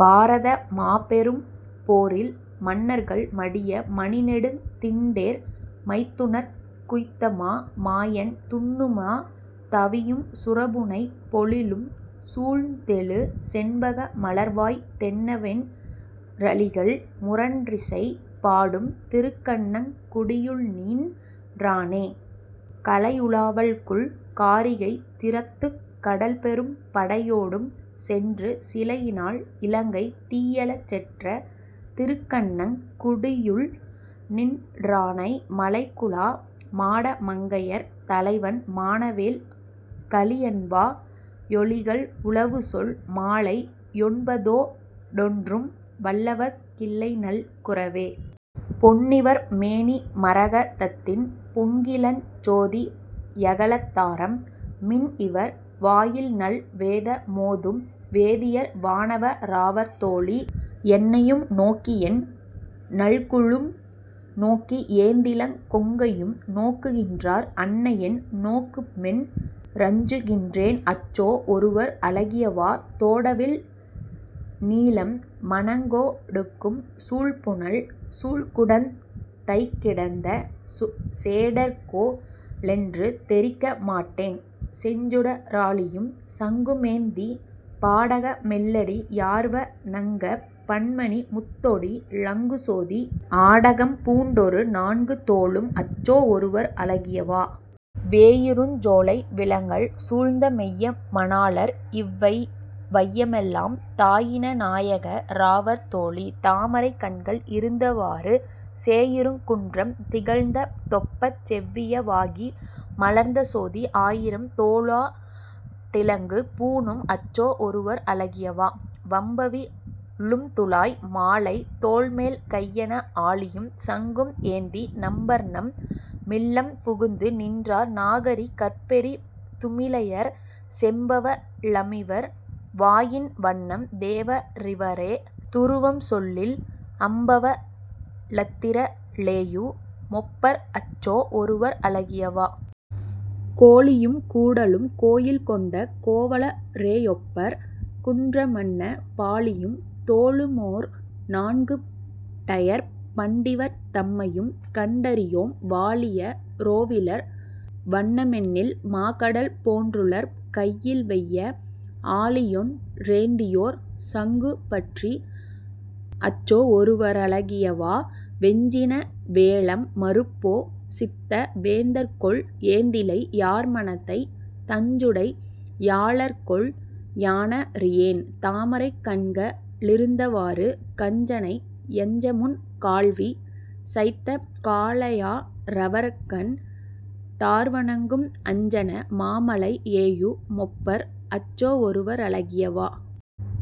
பாரத மாபெரும் போரில் மன்னர்கள் மடிய மணிநெடுந் திண்டேர் மைத்துனர்க் குய்த்தமா மாயன் துன்னுமா தவியும் சுரபுனைப் பொழிலும் சூழ்ந்தெழு செண்பக மலர்வாய் தென்னவென் றளிகள் முரன்றிசை பாடும் திருக்கண்ணங் குடியுள்நின் றானே.. கலையுலாவல்குல் காரிகை திறத்துக் கடல்பெரும் படையொடும் சென்று சிலையினால் இலங்கை தீயெழச் செற்ற திருக்கண்ணங் குடியுள்நின் றானை மலைகுலா மாட மங்கையர் தலைவன் மானவேல் கலியன்வா யொலிகள் உலவுசொல் மாலை யொன்பதோ டொன்றும் வல்லவர்க் கில்லைநல் குரவே. பொன்னிவர் மேனி மரக தத்தின் பொங்கிளஞ் சோதி யகலத்தாரம் மின் இவர் வாயில்நல் வேத மோதும் வேதியர் வானவ ராவர்தோழீ, என்னையும் நோக்கியென் னல்குலும் நோக்கி ஏந்திளங் கொங்கையும் நோக்குகின்றார் அன்னையென் னோக்குமென் றஞ்சு கின்றேன் அச்சோ ஒருவர் அழகியவா.. தோடவிழ் நீலம் மணங்கொ டுக்கும் சூழ்புனல் சூழ்குடந் தைக்கிடந்த சேடர்கொ லென்று தெரிக்க மாட்டேன் செஞ்சுட ராழியும் சங்குமேந்தி பாடக மெல்லடி யார்வ ணங்கப் பன்மணி முத்தொடி லங்குசோதி ஆடகம் பூண்டொரு நான்கு தோளும் அச்சோ ஒருவர் அழகியவா.. வேயிருஞ் சோலை விலங்கல் சூழ்ந்த மெய்ய மணாளர் இவ் வையமெல்லாம் தாயின நாயக ராவர் தோழீ. தாமரைக் கண்கள் இருந்தவாறு, சேயிருங் குன்றம் திகழ்ந்த தொப்பச் செவ்விய வாகி மலர்ந்தசோதி ஆயிரம் தோளொ டிலங்கு பூணும் அச்சோ ஒருவர் அழகியவா.. வம்பவி ழும்துழாய் மாலை தோள்மேல் கையன ஆழியும் சங்கும் ஏந்தி, நம்பர்நம் மில்லம் புகுந்து நின்றார் நாகரி கர்பெரி துமிளையர் செம்பவ ளமிவர் வாயின் வண்ணம் தேவ ரிவர துருவம்சொல்லில் அம்பவ ளத்திர ளேயு மொப்பர் அச்சோ ஒருவர் அழகியவா.. கோழியும் கூடலும் கோயில் கொண்ட கோவல ரேயொப்பர் குன்றமன்ன பாழியும் தோளுமோர் நான்கு டையர் பண்டிவர் தம்மையும் கண்டறியோம் வாழிய ரோவிவர் வண்ண மெண்ணில் மாகடல் போன்றுளர் கையில்வெய்ய, ஆழியொன் றேந்தியோர் சங்கு பற்றி அச்சோவொருவரழகியவா.. வெஞ்சின வேழம் மருப்பொ சித்த வேந்தர்கொல் ஏந்திழை யார்மனத்தை தஞ்சுடை யாளர்கொல் யான றியேன் தாமரைக் கண்க ளிருந்தவாறு கஞ்சனை யஞ்சமுன் கால்வி சைத்த காளையா ரவர்கண் டார்வணங்கும் அஞ்சன மாமலை யேயு மொப்பர் அச்சோவொருவரழகியவா..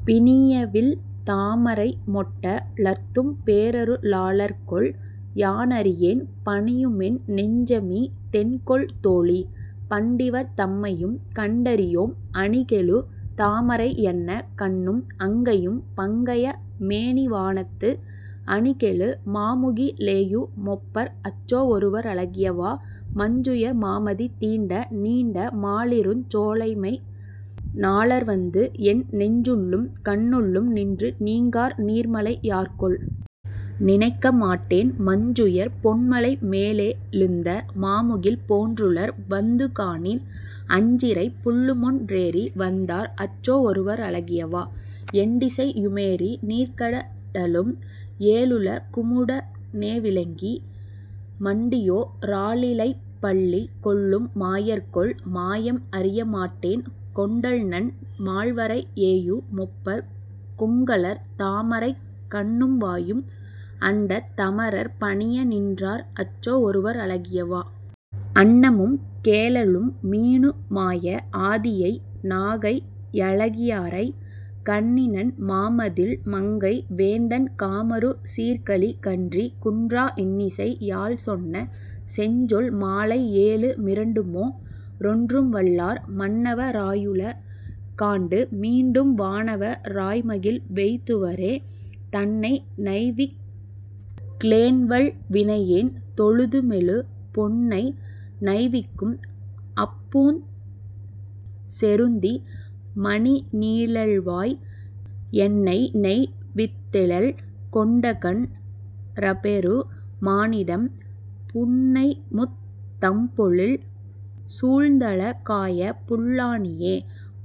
பிணியவிழ் தாமரை மொட்ட லர்த்தும் பேரரு ளாளர்கொல்? யானறியேன், பணியுமென் நெஞ்சமி தென்கொல் தோழீ. பண்டிவர் தம்மையும் கண்டறியோம் அணிகெழு தாமரை யன்ன கண்ணும் அங்கையும் பங்கய மேனிவானத்து, அணிகெழு மாமுகி லேயு மொப்பர் அச்சோவொருவரழகியவா.. மஞ்சுயர் மாமதி தீண்ட நீண்ட மாலிருஞ் சோலைம ணாளர்வந்து என் நெஞ்சுள்ளும் கண்ணுள்ளும் நின்று நீங்கார் நீர்மலை யார்கொல்? நினைக்கமாட்டேன்? மஞ்சுயர் பொன்மலை மேலெ ழுந்த மாமுகில் போன்றுளர் வந்துகாணீர் அஞ்சிறைப் புள்ளுமொன் றேறி வந்தார் அச்சோவொருவரழகியவா.. எண்டிசை யுமெறி நீர்க்க டலும் ஏழுல குமுட னேவிழுங்கி மண்டியோ ராலிலைப் பள்ளி கொள்ளும் மாயர்கொல்? மாயம் அறியமாட்டேன் கொண்டல்நன் மால்வரை யேயு மொப்பர் கொங்கலர் தாமரைக் கண்ணும்வாயும் அண்டத் தமரர் பணிய நின்றார் அச்சோவொருவரழகியவா.. அன்னமும் கேழலும் மீனு மாய ஆதியை நாகை யழகியாரை கன்னிநன் மாமதிள் மங்கை வேந்தன் காமரு சீர்க்கலி கன்றி குன்றா இன்னிசை யால்சொன்ன செஞ்சொல் மாலை ஏழு மிரண்டுமொ ரொன்றும்வல்லார், மன்னவ ராயுல காண்டு மீண்டும் வானவ ராய்மகிழ் வெய்துவரே. தன்னை நைவிக் கிலேன்வல் வினையேன் தொழுதுமெழு பொன்னை நைவிக்கும் அப்பூஞ் செருந்தி மணிநீழல்வாய் என்னைநை வித்தெழல் கொண்டகன் றபெரு மானிடம், புன்னைமுத் தம்பொழில் சூழ்ந்தழ காய புல்லாணியே..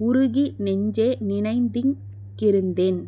உருகி நெஞ்சே நினைந்திங் கிருந்தென்